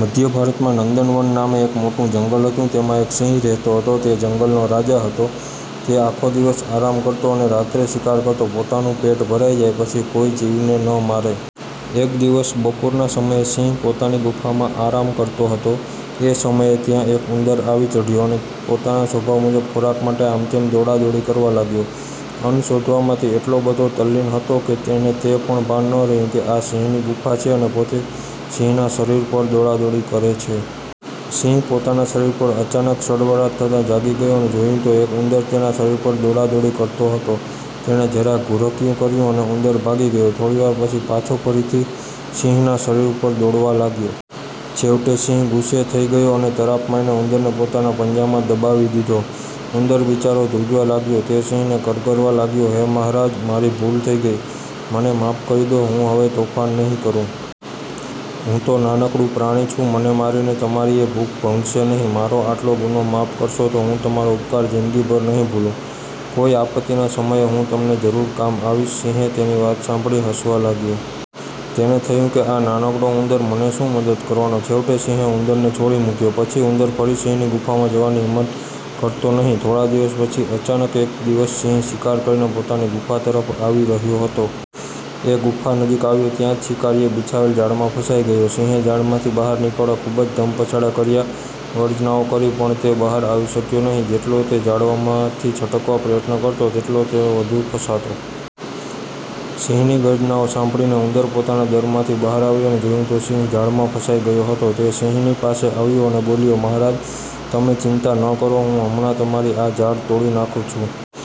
મધ્ય ભારતમાં નંદનવન નામે એક મોટું જંગલ હતું. તેમાં એક સિંહ રહેતો હતો. તે જંગલનો રાજા હતો. તે આખો દિવસ આરામ કરતો અને રાત્રે શિકાર કરતો. પોતાનું પેટ ભરાઈ જાય પછી કોઈ જીવને ન મારે. એક દિવસ બપોરના સમયે સિંહ પોતાની ગુફામાં આરામ કરતો હતો. એ સમયે ત્યાં એક ઉંદર આવી ચઢ્યો અને પોતાના સ્વભાવ મુજબ ખોરાક માટે આમતેમ દોડાદોડી કરવા લાગ્યો. અન્ન શોધવામાં તે એટલો બધો તલ્લીન હતો કે તેને તે પણ ભાન ન રહ્યું કે આ સિંહની ગુફા છે અને પોતે સિંહના શરીર પર દોડાદોડી કરે છે. સિંહ પોતાના શરીર પર અચાનક સળવળાટ થતાં જાગી ગયો અને જોયું તો એક ઉંદર તેના શરીર પર દોડાદોડી કરતો હતો. તેણે જરા ઘુરકિયું કર્યું, અને ઉંદર ભાગી ગયો. થોડીવાર પછી પાછો ફરીથી સિંહના શરીર ઉપર દોડવા લાગ્યો. છેવટે સિંહ ગુસ્સે થઈ ગયો અને તરાપ મારીને ઉંદરને પોતાના પંજામાં દબાવી દીધો. ઉંદર બિચારો ધ્રૂજવા લાગ્યો. તે સિંહને કરગરવા લાગ્યો " હે મહારાજ! મારી ભૂલ થઈ ગઈ, મને માફ કરી દો. હું હવે તોફાન નહિ કરું. હું તો નાનકડું પ્રાણી છું મને મારીને તમારીએ ભૂખ ભંગશે નહીં. મારો આટલો ગુનો માફ કરશો તો હું તમારો ઉપકાર જિંદગીભર નહિ ભૂલું. કોઈ આપત્તિના સમયે હું તમને જરૂર કામ આવીશ. " સિંહ તેની વાત સાંભળી હસવા લાગ્યો. તેને થયું કે, આ નાનકડો ઉંદર મને શું મદદ કરવાનો? છેવટે સિંહે ઉંદરને છોડી મૂક્યો. પછી ઉંદર ફરી સિંહની ગુફામાં જવાની હિંમત કરતો નહિ. થોડા દિવસ પછી અચાનક એક દિવસ સિંહ શિકાર કરીને પોતાની ગુફા તરફ આવી રહ્યો હતો. એ ગુફા નજીક આવ્યો ત્યાં જ શિકારીએ બિછાવેલ જાળમાં ફસાઈ ગયો. સિંહે જાળમાંથી બહાર નીકળવા ખૂબ જ ધમપછાડા કર્યા, ગર્જનાઓ કરી, પણ તે બહાર આવી શક્યો નહિ. જેટલો તે જાળમાંથી છટકવા પ્રયત્ન કરતો તેટલો તે વધુ ફસાતો. સિંહની ગર્જનાઓ સાંભળીને ઉંદર પોતાના દરમાંથી બહાર આવ્યો અને જોયું તો સિંહ જાળમાં ફસાઈ ગયો હતો. તે સિંહની પાસે આવ્યો અને બોલ્યો" મહારાજ! તમે ચિંતા ન કરો. હું હમણાં તમારી આ જાળ તોડી નાખું છું.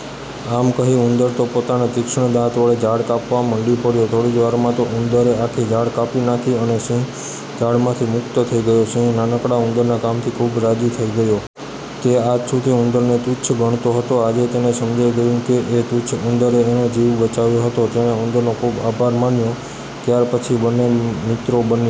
" આમ કહી ઉંદર તો પોતાના તીક્ષ્ણ દાંત વડે જાળ કાપવા મંડી પડ્યો. થોડી જ વારમાં તો ઉંદરે આખી જાળ કાપી નાખી અને સિંહ જાળમાંથી મુક્ત થઈ ગયો. સિંહ નાનકડા ઉંદરના કામથી ખૂબ રાજી થઈ ગયો. તે આજ સુધી ઉંદરને તુચ્છ ગણતો હતો. આજે તેને સમજાઈ ગયું કે એ તુચ્છ ઉંદરે એનો જીવ બચાવ્યો હતો. તેણે ઉંદરનો ખૂબ આભાર માન્યો. ત્યાર પછી બંને મિત્રો બની